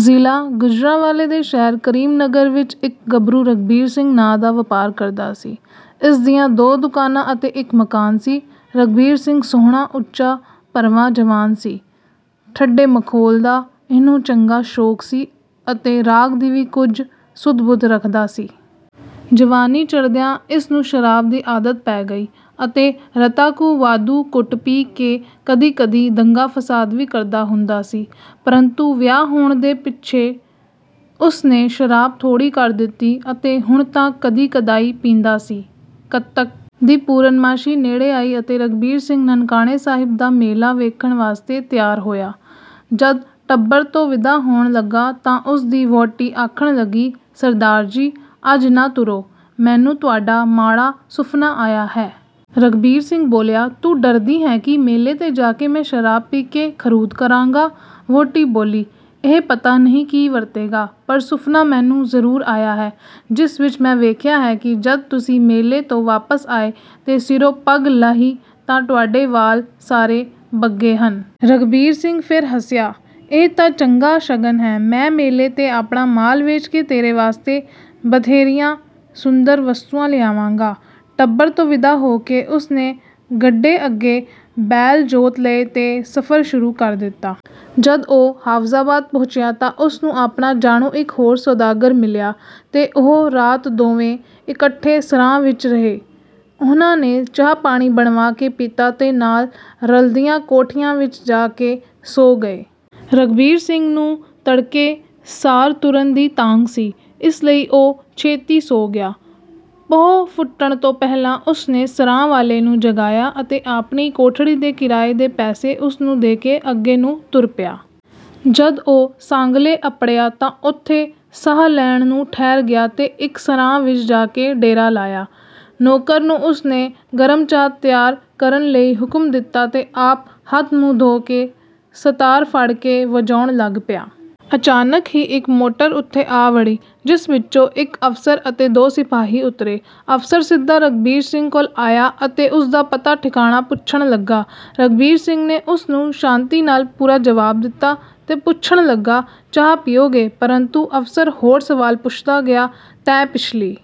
ਜ਼ਿਲ੍ਹਾ ਗੁਜਰਾਂਵਾਲੇ ਦੇ ਸ਼ਹਿਰ ਕਰੀਮ ਨਗਰ ਵਿੱਚ ਇੱਕ ਗੱਭਰੂ ਰਘਬੀਰ ਸਿੰਘ ਨਾਂ ਦਾ ਵਪਾਰ ਕਰਦਾ ਸੀ। ਇਸ ਦੀਆਂ ਦੋ ਦੁਕਾਨਾਂ ਅਤੇ ਇੱਕ ਮਕਾਨ ਸੀ। ਰਘਬੀਰ ਸਿੰਘ ਸੋਹਣਾ, ਉੱਚਾ, ਭਰਵਾਂ ਜਵਾਨ ਸੀ। ਠੱਡੇ-ਮਖੌਲ ਦਾ ਇਹਨੂੰ ਚੰਗਾ ਸ਼ੌਕ ਸੀ ਅਤੇ ਰਾਗ ਦੀ ਵੀ ਕੁਝ ਸੁੱਧ-ਬੁੱਧ ਰੱਖਦਾ ਸੀ। ਜਵਾਨੀ ਚੜ੍ਹਦਿਆਂ ਇਸ ਨੂੰ ਸ਼ਰਾਬ ਦੀ ਆਦਤ ਪੈ ਗਈ ਅਤੇ ਰਤਾ ਕੁ ਵਾਧੂ ਘੁੱਟ ਪੀ ਕੇ ਕਦੀ-ਕਦੀ ਦੰਗਾ-ਫਸਾਦ ਵੀ ਕਰਦਾ ਹੁੰਦਾ ਸੀ। ਪਰੰਤੂ ਵਿਆਹ ਹੋਣ ਦੇ ਪਿੱਛੇ ਉਸ ਨੇ ਸ਼ਰਾਬ ਥੋੜੀ ਕਰ ਦਿੱਤੀ ਅਤੇ ਹੁਣ ਤਾਂ ਕਦੀ-ਕਦਾਈਂ ਪੀਂਦਾ ਸੀ। ਕੱਤਕ ਦੀ ਪੂਰਨਮਾਸ਼ੀ ਨੇੜੇ ਆਈ ਅਤੇ ਰਘਬੀਰ ਸਿੰਘ ਨਨਕਾਣੇ ਸਾਹਿਬ ਦਾ ਮੇਲਾ ਵੇਖਣ ਵਾਸਤੇ ਤਿਆਰ ਹੋਇਆ। ਜਦ ਟੱਬਰ ਤੋਂ ਵਿਦਾ ਹੋਣ ਲੱਗਾ ਤਾਂ ਉਸ ਦੀ ਵਹੁਟੀ ਆਖਣ ਲੱਗੀ, “ਸਰਦਾਰ ਜੀ! ਅੱਜ ਨਾ ਤੁਰੋ। ਮੈਨੂੰ ਤੁਹਾਡਾ ਮਾੜਾ ਸੁਫ਼ਨਾ ਆਇਆ ਹੈ।” ਰਘਬੀਰ ਸਿੰਘ ਬੋਲਿਆ, “ਤੂੰ ਡਰਦੀ ਹੈਂ ਕਿ ਮੇਲੇ 'ਤੇ ਜਾ ਕੇ ਮੈਂ ਸ਼ਰਾਬ ਪੀ ਕੇ ਖਰੂਦ ਕਰਾਂਗਾ?” ਵਹੁਟੀ ਬੋਲੀ, “ਇਹ ਪਤਾ ਨਹੀਂ ਕੀ ਵਰਤੇਗਾ, ਪਰ ਸੁਫ਼ਨਾ ਮੈਨੂੰ ਜ਼ਰੂਰ ਆਇਆ ਹੈ, ਜਿਸ ਵਿੱਚ ਮੈਂ ਵੇਖਿਆ ਹੈ ਕਿ ਜਦ ਤੁਸੀਂ ਮੇਲੇ ਤੋਂ ਵਾਪਸ ਆਏ ਤੇ ਸਿਰੋਂ ਪੱਗ ਲਾਹੀ ਤਾਂ ਤੁਹਾਡੇ ਵਾਲ ਸਾਰੇ ਬੱਗੇ ਹਨ।” ਰਘਬੀਰ ਸਿੰਘ ਫਿਰ ਹੱਸਿਆ, “ਇਹ ਤਾਂ ਚੰਗਾ ਸ਼ਗਨ ਹੈ। ਮੈਂ ਮੇਲੇ 'ਤੇ ਆਪਣਾ ਮਾਲ ਵੇਚ ਕੇ ਤੇਰੇ ਵਾਸਤੇ ਬਥੇਰੀਆਂ ਸੁੰਦਰ ਵਸਤੂਆਂ ਲਿਆਵਾਂਗਾ।” ਟੱਬਰ ਤੋਂ ਵਿਦਾ ਹੋ ਕੇ ਉਸ ਨੇ ਗੱਡੇ ਅੱਗੇ ਬੈਲ ਜੋਤ ਲਏ ਤੇ ਸਫ਼ਰ ਸ਼ੁਰੂ ਕਰ ਦਿੱਤਾ। ਜਦ ਉਹ ਹਾਫ਼ਜ਼ਾਬਾਦ ਪਹੁੰਚਿਆ ਤਾਂ ਉਸ ਨੂੰ ਆਪਣਾ ਜਾਣੂ ਇੱਕ ਹੋਰ ਸੌਦਾਗਰ ਮਿਲਿਆ ਤੇ ਉਹ ਰਾਤ ਦੋਵੇਂ ਇਕੱਠੇ ਸਰਾਂ ਵਿੱਚ ਰਹੇ। ਉਹਨਾਂ ਨੇ ਚਾਹ-ਪਾਣੀ ਬਣਵਾ ਕੇ ਪੀਤਾ ਤੇ ਨਾਲ ਰਲਦੀਆਂ ਕੋਠੀਆਂ ਵਿੱਚ ਜਾ ਕੇ ਸੌਂ ਗਏ। ਰਘਬੀਰ ਸਿੰਘ ਨੂੰ ਤੜਕੇ ਸਾਰ ਤੁਰਨ ਦੀ ਤਾਂਘ ਸੀ। ਇਸ ਲਈ ਉਹ ਛੇਤੀ ਸੌਂ ਗਿਆ। ਪਹੁ ਫੁੱਟਣ ਤੋਂ ਪਹਿਲਾਂ ਉਸ ਨੇ ਸਰਾਂ ਵਾਲੇ ਨੂੰ ਜਗਾਇਆ ਅਤੇ ਆਪਣੀ ਕੋਠੜੀ ਦੇ ਕਿਰਾਏ ਦੇ ਪੈਸੇ ਉਸ ਨੂੰ ਦੇ ਕੇ ਅੱਗੇ ਨੂੰ ਤੁਰ ਪਿਆ। ਜਦ ਉਹ ਸਾਂਗਲੇ ਅੱਪੜਿਆ ਤਾਂ ਉੱਥੇ ਸਾਹ ਲੈਣ ਨੂੰ ਠਹਿਰ ਗਿਆ ਤੇ ਇੱਕ ਸਰਾਂ ਵਿੱਚ ਜਾ ਕੇ ਡੇਰਾ ਲਾਇਆ। ਨੌਕਰ ਨੂੰ ਉਸ ਨੇ ਗਰਮ ਚਾਹ ਤਿਆਰ ਕਰਨ ਲਈ ਹੁਕਮ ਦਿੱਤਾ ਤੇ ਆਪ ਹੱਥ-ਮੂੰਹ ਧੋ ਕੇ ਸਤਾਰ ਫੜ ਕੇ ਵਜਾਉਣ ਲੱਗ ਪਿਆ। ਅਚਾਨਕ ਹੀ ਇੱਕ ਮੋਟਰ ਉੱਥੇ ਆ ਵੜੀ, ਜਿਸ ਵਿੱਚੋਂ ਇੱਕ ਅਫ਼ਸਰ ਅਤੇ ਦੋ ਸਿਪਾਹੀ ਉਤਰੇ। ਅਫ਼ਸਰ ਸਿੱਧਾ ਰਘਬੀਰ ਸਿੰਘ ਕੋਲ ਆਇਆ ਅਤੇ ਉਸ ਦਾ ਪਤਾ-ਠਿਕਾਣਾ ਪੁੱਛਣ ਲੱਗਾ। ਰਘਬੀਰ ਸਿੰਘ ਨੇ ਉਸ ਨੂੰ ਸ਼ਾਂਤੀ ਨਾਲ ਪੂਰਾ ਜਵਾਬ ਦਿੱਤਾ ਤੇ ਪੁੱਛਣ ਲੱਗਾ, “ਚਾਹ ਪੀਓਗੇ?” ਪਰੰਤੂ ਅਫ਼ਸਰ ਹੋਰ ਸਵਾਲ ਪੁੱਛਦਾ ਗਿਆ, “ਤੈਂ ਪਿਛਲੀ...”